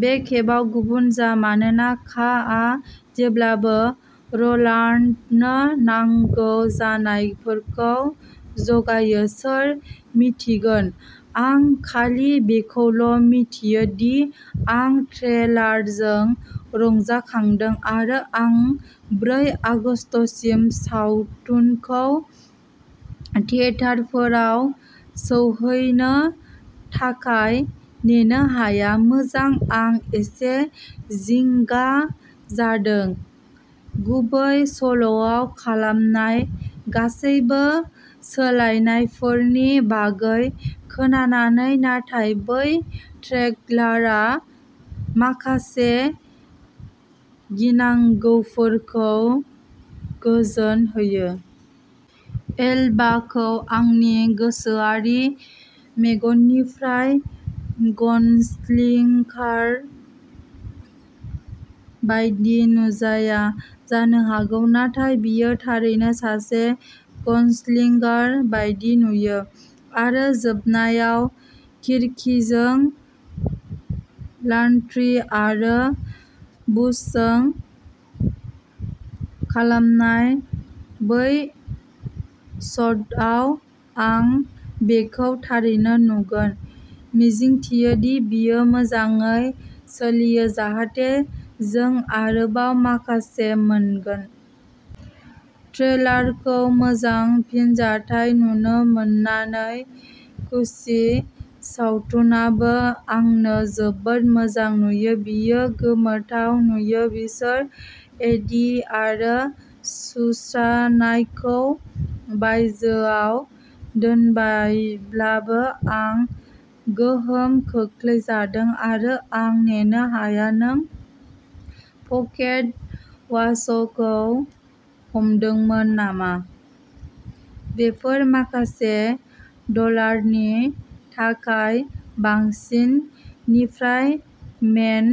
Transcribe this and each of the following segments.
बे खेबाव गुबुन जा, मानोना का आ जेब्लाबो र'लान्डनो नांगौ जानायफोरखौ जगायो। सोर मिन्थिगोन? आं खालि बेखौल' मिथियो दि आं ट्रेलारजों रंजाखांदों आरो आं ब्रै आगस्तसिम सावथुनखौ थियेटारफोराव सौहैनो थाखाय नेनो हाया। मोजां आं एसे जिंगा जादों, गुबै सल'आव खालामनाय गासैबो सोलायनायफोरनि बागै खोनानानै, नाथाय बै ट्रेलारआ माखासे गिनांगौफोरखौ गोजोन होयो। एलबाखौ आंनि गोसोआरि मेगननिफ्राय गनस्लिंगार बायदि नुजाया जानो हागौ, नाथाय बियो थारैनो सासे गनस्लिंगार बायदि नुयो। आरो जोबनायाव, खिरखिजों, लान्ड्रि आरो बुशजों खालामनाय बै शटआव आं बेखौ थारैनो नुगोन। मिजिंथियो दि बेयो मोजाङै सोलियो जाहाथे जों आरोबाव माखासे मोनगोन। ट्रेलारखौ मोजां फिनजाथाय नुनो मोननानै खुसि। सावथुनआबो आंनो जोबोद मोजां नुयो बेयो गोमोथाव नुयो बिसोर एडि आरो सुसान्नाखौ बायजोआव दोनबायब्लाबो आं गोहोम खोख्लैजादों आरो आं नेनो हाया नों पकेट वाचखौ हमदोंमोन नामा? बेफोर माखासे डलारनि थाखाय बांसिन निफ्राय मेन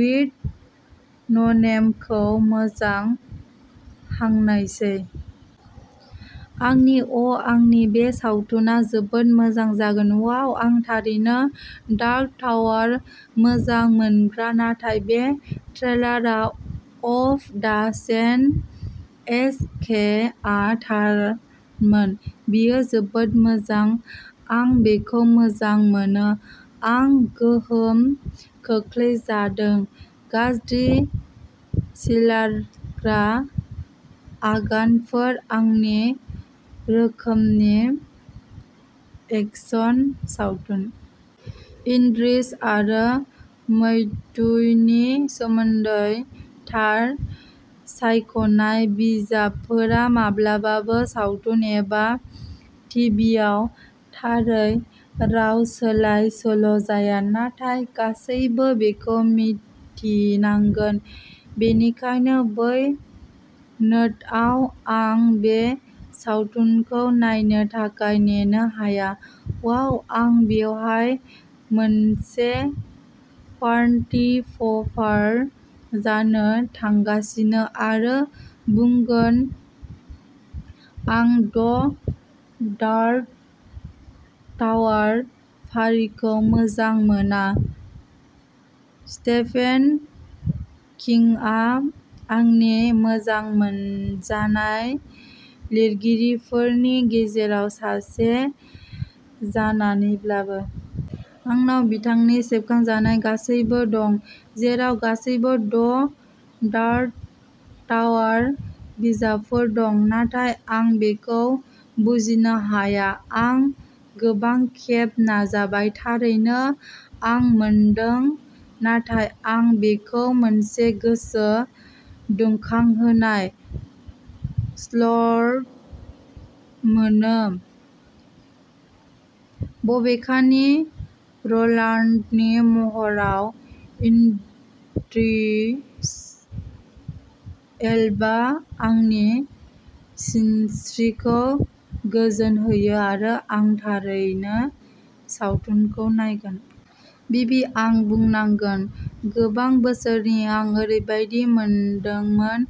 विद न'नेमखौ मोजां हांनायसै। आंनि अ' आंनि बे सावथुना जोबोद मोजां जागोन वाव आं थारैनो डार्क टावार मोजां मोनग्रा नाथाय बे ट्रेलारआ अफ दा चेन एस के आ थारमोन बेयो जोबोद मोजां आं बेखौ मोजां मोनो आं गोहोम खोख्लैजादों गाज्रि सिलायग्रा आगानफोर, आंनि रोखोमनि एक्शन सावथुन। इद्रिस आरो मैथ्यूनि सोमोन्दै थार सायख'नाय। बिजाबफोरा माब्लाबाबो सावथुन एबा टिभिआव' थारै राव सोलाय सोल' जाया नाथाय गासैबो बेखौ मिन्थिनांगोन बेनिखायनो बै नोटआव आं बे सावथुनखौ नायनो थाखाय नेनो हाया। वाव आं बेवहाय मोनसे पार्टी प'पार जानो थांगासिनो आरो बुंगोन आं द डार्क टावार फारिखौ मोजां मोना, स्टेफेन किंआ आंनि मोजां मोनजानाय लिरगिरिफोरनि गेजेराव सासे जानानैब्लाबो। आंनाव बिथांनि सेबखांजानाय गासैबो दं, जेराव गासैबो द डार्क टावार बिजाबफोर दं, नाथाय आं बेखौ बुजिनो हाया। आं गोबां खेब नाजाबाय, थारैनो आं मोनदों, नाथाय आं बेखौ मोनसे गोसो दुंखांहोनाय स्लग मोनो। बबेखानि र'लान्डनि महराव इद्रिस एल्बा आंनि सिनस्रिखौ गोजोन होयो आरो आं थारैनो सावथुनखौ नायगोन। बिबि, आं बुंनांगोन, गोबां बोसोरसिम आं ओरैबायदि मोनदोंमोन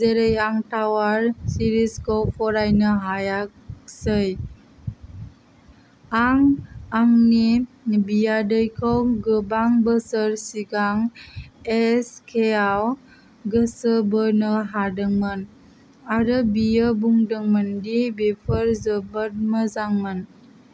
जेरै आं टावार सिरिजखौ फरायनो हायासै। आं आंनि बियादैखौ गोबां बोसोर सिगां एस के आव गोसो बोनो हादोंमोन आरो बियो बुंदोंमोन दि बेफोर जोबोद मोजांमोन।